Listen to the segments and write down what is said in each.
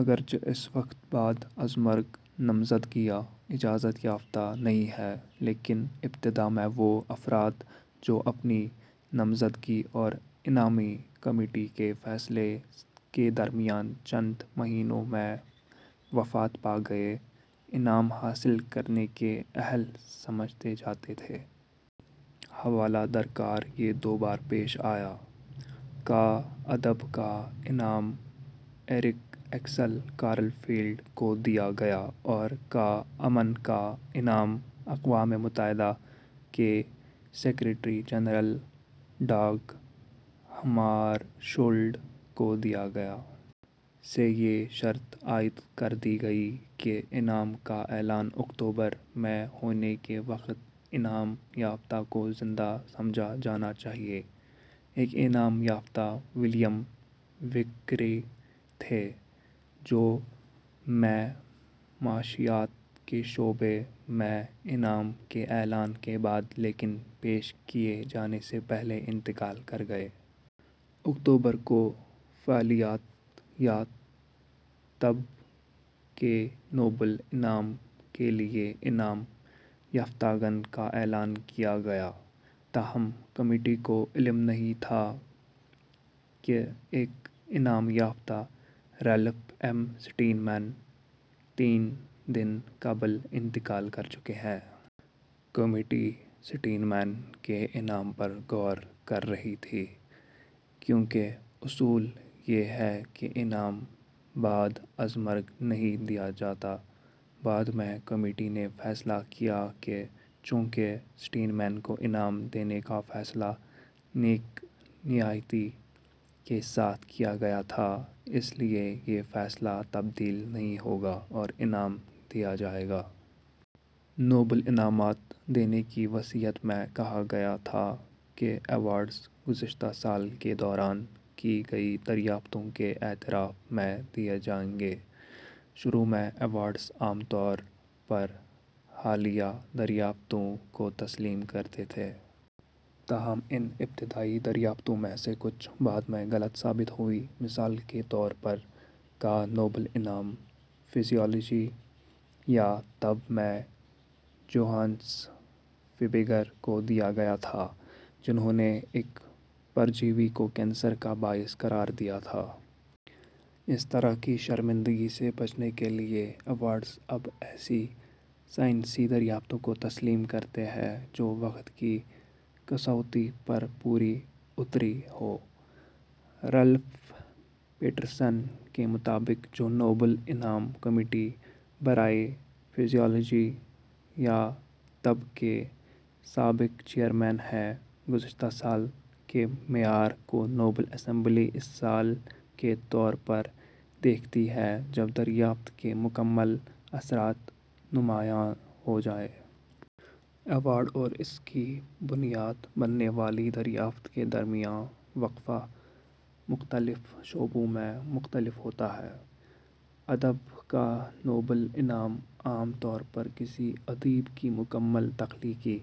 اگرچہ اس وقت بعد از مرگ نامزدگیاں اجازت یافتہ نہیں ہیں، لیکن ابتدا میں وہ افراد جو اپنی نامزدگی اور انعامی کمیٹی کے فیصلے کے درمیان چند مہینوں میں وفات پا گئے، انعام حاصل کرنے کے اہل سمجھے جاتے تھے۔ حوالہ درکار یہ دو بار پیش آیا: کا ادب کا انعام اریک ایکسل کارل فیلڈ کو دیا گیا اور کا امن کا انعام اقوام متحدہ کے سیکریٹری جنرل داگ ہمارشولد کو دیا گیا۔ سے یہ شرط عائد کر دی گئی کہ انعام کا اعلان اکتوبر میں ہونے کے وقت انعام یافتہ کو زندہ سمجھا جانا چاہیے۔ ایک انعام یافتہ ولیم وکری تھے، جو میں معاشیات کے شعبے میں انعام کے اعلان کے بعد لیکن پیش کیے جانے سے پہلے انتقال کر گئے۔ اکتوبر کو فعلیات یا طب کے نوبل انعام کے لیے انعام یافتگان کا اعلان کیا گیا؛ تاہم، کمیٹی کو علم نہیں تھا کہ ایک انعام یافتہ، رالف ایم سٹین مین ، تین دن قبل انتقال کر چکے ہیں۔ کمیٹی اسٹین مین کے انعام پر غور کر رہی تھی، کیوں کہ اصول یہ ہے کہ انعام بعد از مرگ نہیں دیا جاتا۔ بعد میں کمیٹی نے فیصلہ کیا کہ چونکہ اسٹین مین کو انعام دینے کا فیصلہ "نیک نیتی" کے ساتھ کیا گیا تھا، اس لیے یہ فیصلہ تبدیل نہیں ہوگا اور انعام دیا جائے گا۔ نوبل انعامات دینے کی وصیت میں کہا گیا تھا کہ ایوارڈز "گذشتہ سال کے دوران" کی گئی دریافتوں کے اعتراف میں دیے جائیں گے۔ شروع میں، ایوارڈز عام طور پر حالیہ دریافتوں کو تسلیم کرتے تھے۔ تاہم، ان ابتدائی دریافتوں میں سے کچھ بعد میں غلط ثابت ہوئیں۔ مثال کے طور پر، کا نوبل انعام فزیالوجی یا طب میں جوہانس فائبگر کو دیا گیا تھا، جنھوں نے ایک پرجیوی کو کینسر کا باعث قرار دیا تھا۔ اس طرح کی شرمندگی سے بچنے کے لیے، ایوارڈز اب ایسی سائنسی دریافتوں کو تسلیم کرتے ہیں جو وقت کی کسوٹی پر پوری اتری ہوں۔ رالف پیٹرسن کے مطابق، جو نوبل انعام کمیٹی برائے فزیالوجی یا طب کے سابق چیئرمین ہیں، "گذشتہ سال" کے معیار کو نوبل اسمبلی اس سال کے طور پر دیکھتی ہے جب دریافت کے مکمل اثرات نمایاں ہو جائیں۔ ۔ ایوارڈ اور اس کی بنیاد بننے والی دریافت کے درمیان وقفہ مختلف شعبوں میں مختلف ہوتا ہے۔ ادب کا نوبل انعام عام طور پر کسی ادیب کی مکمل تخلیقی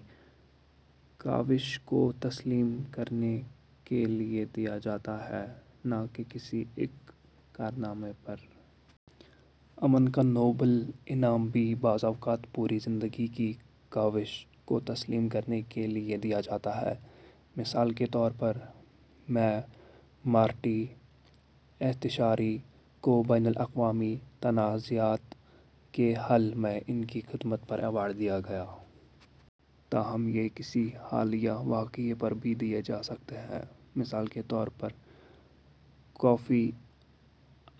کاوش کو تسلیم کرنے کے لیے دیا جاتا ہے، نہ کہ کسی ایک کارنامے پر۔ امن کا نوبل انعام بھی بعض اوقات پوری زندگی کی کاوش کو تسلیم کرنے کے لیے دیا جاتا ہے۔ مثال کے طور پر، میں مارٹی اہتیشری کو بین الاقوامی تنازعات کے حل میں ان کی خدمات پر ایوارڈ دیا گیا۔ تاہم، یہ کسی حالیہ واقعے پر بھی دیے جا سکتے ہیں۔ مثال کے طور پر، کوفی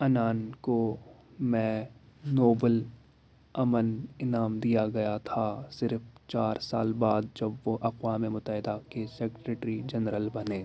عنان کو میں نوبل امن انعام دیا گیا تھا، صرف چار سال بعد جب وہ اقوام متحدہ کے سیکریٹری جنرل بنے۔